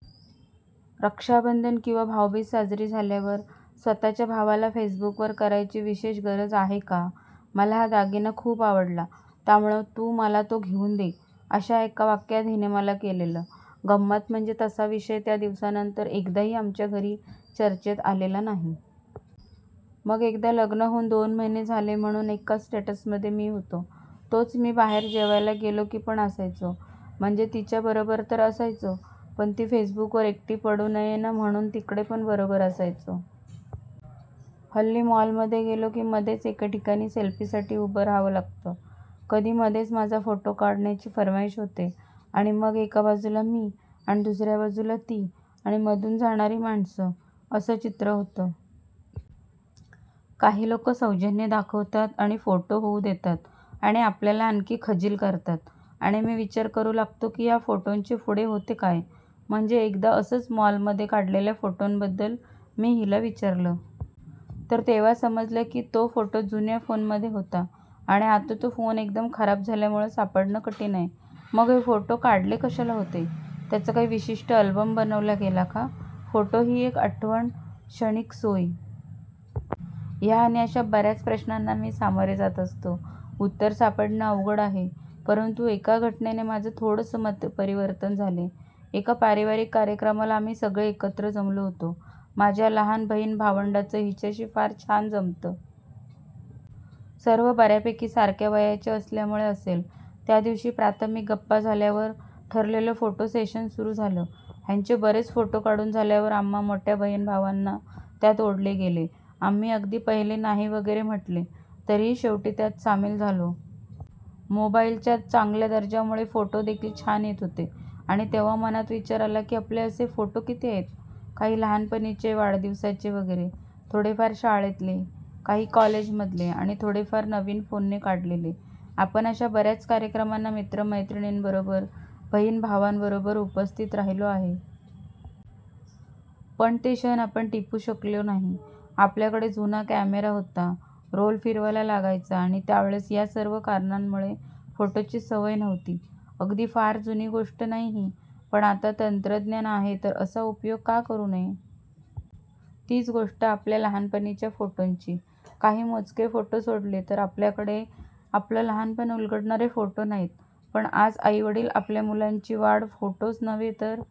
रक्षाबंधन किंवा भाऊबीज साजरी झाल्यावर स्वतःच्या भावाला फेसबुकवर करायची विशेष गरज आहे का? मला हा दागिना खूप आवडला त्यामुळे तू मला तो घेऊन दे, अशा एका वाक्यात हिने मला केलेलं. गंमत म्हणजे तसा विषय त्या दिवसानंतर एकदाही आमच्या घरी चर्चेत आलेला नाही. मग एकदा लग्न होऊन दोन महिने झाले म्हणून एका स्टेटसमध्ये मी होतो. तोच मी बाहेर जेवायला गेलो की पण असायचो. म्हणजे तिच्या बरोबर तर असायचो पण ती फेसबुकवर एकटी पडू नये न म्हणून तिकडे पण बरोबर असायचो. हल्ली मॉलमध्ये गेलो की मध्येच एके ठिकाणी सेल्फीसाठी उभं रहावं लागतं. कधी मध्येच माझा फोटो काढ ना ची फर्माइश होते आणि मग एका बाजूला मी आणि दुसऱ्या बाजूला ती आणि मधून जाणारी माणसं असं चित्र होतं. काही लोकं सौजन्य दाखवतात आणि फोटो होऊ देतात आणि आपल्याला आणखी खजील करतात. आणि मी विचार करू लागतो की ह्या फोटोंचे पुढे होते काय? म्हणजे एकदा असंच मॉलमध्ये काढलेल्या फोटोबद्दल मी हिला विचारलं. तर तेव्हा समजलं की तो फोटो जुन्या फोनमध्ये होता आणि आता तो फोन एकदम खराब झाल्यामुळे सापडणं कठीण आहे. मग हे फोटो काढले कशाला होते? त्याचा काही विशिष्ट अल्बम बनवला गेला का? फोटो ही एक आठवण की एक क्षणिक सोय? ह्या आणि अशा बऱ्याच प्रश्नांना मी सामोरे जात असतो. उत्तर सापडणं अवघड आहे. परंतु एका घटनेने माझे थोडेसे मत-परिवर्तन झाले. एका पारिवारिक कार्यक्रमाला आम्ही सगळे एकत्र जमलो होतो. माझ्या लहान बहिण-भावंडांचं हिच्याशी फार छान जमतं. सर्व बऱ्यापैकी सारख्या वयाचे असल्यामुळे असेल. त्या दिवशी प्राथमिक गप्पा झाल्यावर ठरलेलं फोटो सेशन सुरू झालं. ह्यांचे बरेच फोटो काढून झाल्यावर आम्हा मोठ्या बहिण-भावांना त्यात ओढले गेले. आम्ही अगदी पहिले नाही वगैरे म्हटले तरीही शेवटी त्यात सामील झालो. मोबाईलच्या चांगल्या दर्जामुळे फोटो देखील छान येत होते. आणि तेव्हा मनात विचार आला की आपले असे फोटो किती आहेत? काही लहानपणीचे वाढदिवसाचे वगैरे, थोडेफार शाळेतले काही कॉलेजमधले आणि थोडेफार नवीन फोनने काढलेले. आपण अशा बऱ्याच कार्यक्रमांना मित्र-मैत्रिणींबरोबर, बहिण-भावांबरोबर उपस्थित राहिलो आहे? पण ते क्षण आपण टिपू शकलो नाही. आपल्याकडे जुना कॅमेरा होता, रोल फिरवायला लागायचा आणि त्यावेळेस ह्या सर्व कारणांमुळे फोटोची सवय नव्हती. अगदी फार जुनी गोष्ट नाही ही. पण आता तंत्रज्ञान आहे तर असा उपयोग का करू नये? तीच गोष्ट आपल्या लहानपणीच्या फोटोंची! काही मोजके फोटो सोडले तर आपल्याकडे आपलं लहानपण उलगडणारे फोटो नाहीत. पण आज आई-वडील आपल्या मुलांची वाढ फोटोच नव्हे तर